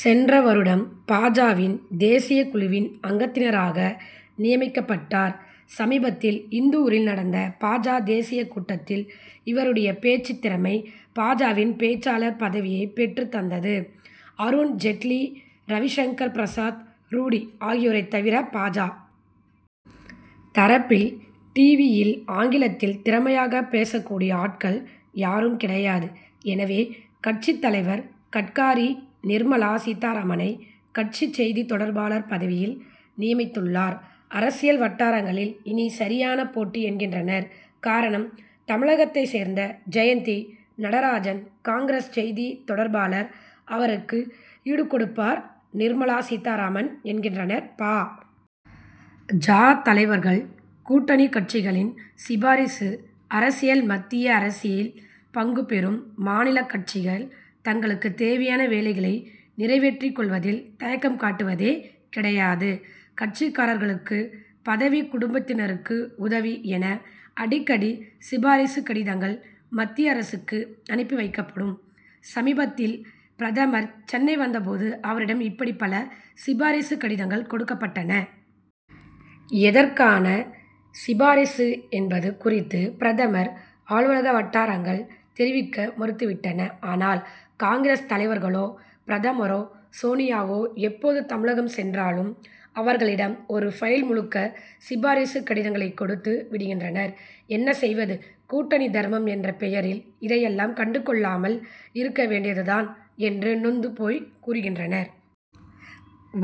சென்ற வருடம் பா. ஜ.,வின் தேசிய குழுவின் அங்கத்தினராக நியமிக்கப்பட்டார். சமீபத்தில் இந்தூரில் நடந்த பா. ஜ., தேசிய கூட்டத்தில், இவருடைய பேச்சு திறமை பா. ஜ.,வின் பேச்சாளர் பதவியைப் பெற்றுத் தந்தது. அருண் ஜெட்லி, ரவிசங்கர் பிரசாத், ரூடி ஆகியோரைத் தவிர, பா. ஜ., தரப்பில் 'டிவி'யில் ஆங்கிலத்தில் திறமையாகப் பேசக் கூடிய ஆட்கள், யாரும் கிடையாது. எனவே, கட்சித் தலைவர் கட்காரி, நிர்மலா சீத்தாராமனை, கட்சி செய்தி தொடர்பாளர் பதவியில் நியமித்துள்ளார். அரசியல் வட்டாரங்களில், இனி சரியான போட்டி என்கின்றனர். காரணம், தமிழகத்தைச் சேர்ந்த ஜெயந்தி நடராஜன் காங்கிரஸ் செய்தி தொடர்பாளர், அவருக்கு ஈடு கொடுப்பார் நிர்மலா சீத்தாராமன் என்கின்றனர் பா. ஜ., தலைவர்கள். கூட்டணி கட்சிகளின் சிபாரிசு அரசியல் மத்திய அரசில் பங்கு பெறும், மாநிலக் கட்சிகள் தங்களுக்குத் தேவையான வேலைகளை நிறைவேற்றிக் கொள்வதில் தயக்கம் காட்டுவதே கிடையாது. கட்சிக்காரர்களுக்கு பதவி, குடும்பத்தினருக்கு உதவி என அடிக்கடி சிபாரிசு கடிதங்கள், மத்திய அரசுக்கு அனுப்பி வைக்கப்படும். சமீபத்தில் பிரதமர் சென்னை வந்த போது, அவரிடம் இப்படி பல சிபாரிசு கடிதங்கள் கொடுக்கப்பட்டன. எதற்கான சிபாரிசு என்பது குறித்து, பிரதமர் அலுவலக வட்டாரங்கள் தெரிவிக்க மறுத்துவிட்டன. ஆனால், காங்கிரஸ் தலைவர்களோ, பிரதமரோ, சோனியாவோ எப்போது தமிழகம் சென்றாலும், அவர்களிடம் ஒரு பைல் முழுக்க சிபாரிசு கடிதங்களைக் கொடுத்து விடுகின்றனர். 'என்ன செய்வது கூட்டணி தர்மம் என்ற பெயரில், இதையெல்லாம் கண்டுகொள்ளாமல் இருக்க வேண்டியதுதான்' என்று நொந்து போய் கூறுகின்றனர்.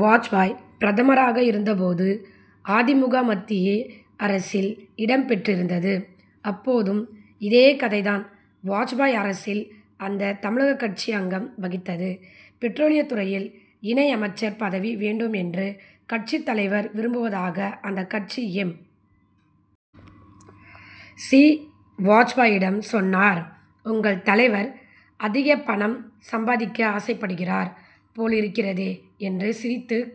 வாஜ்பாய் பிரதமராக இருந்த போது அ. தி. மு. க., மத்திய அரசில் இடம் பெற்றிருந்தது. அப்போதும், இதே கதைதான். வாஜ்பாய் அரசில் அந்த தமிழக கட்சி அங்கம் வகித்தது. பெட்ரோலியத்துறையில், இணை அமைச்சர் பதவி வேண்டும் என்று, கட்சித் தலைவர் விரும்புவதாக அந்த கட்சி எம். பி., வாஜ்பாயிடம் சொன்னார். 'உங்கள் தலைவர் அதிக பணம் சம்பாதிக்க ஆசைப்படுகிறார் போலிருக்கிறதே? ' என்று சிரித்துக்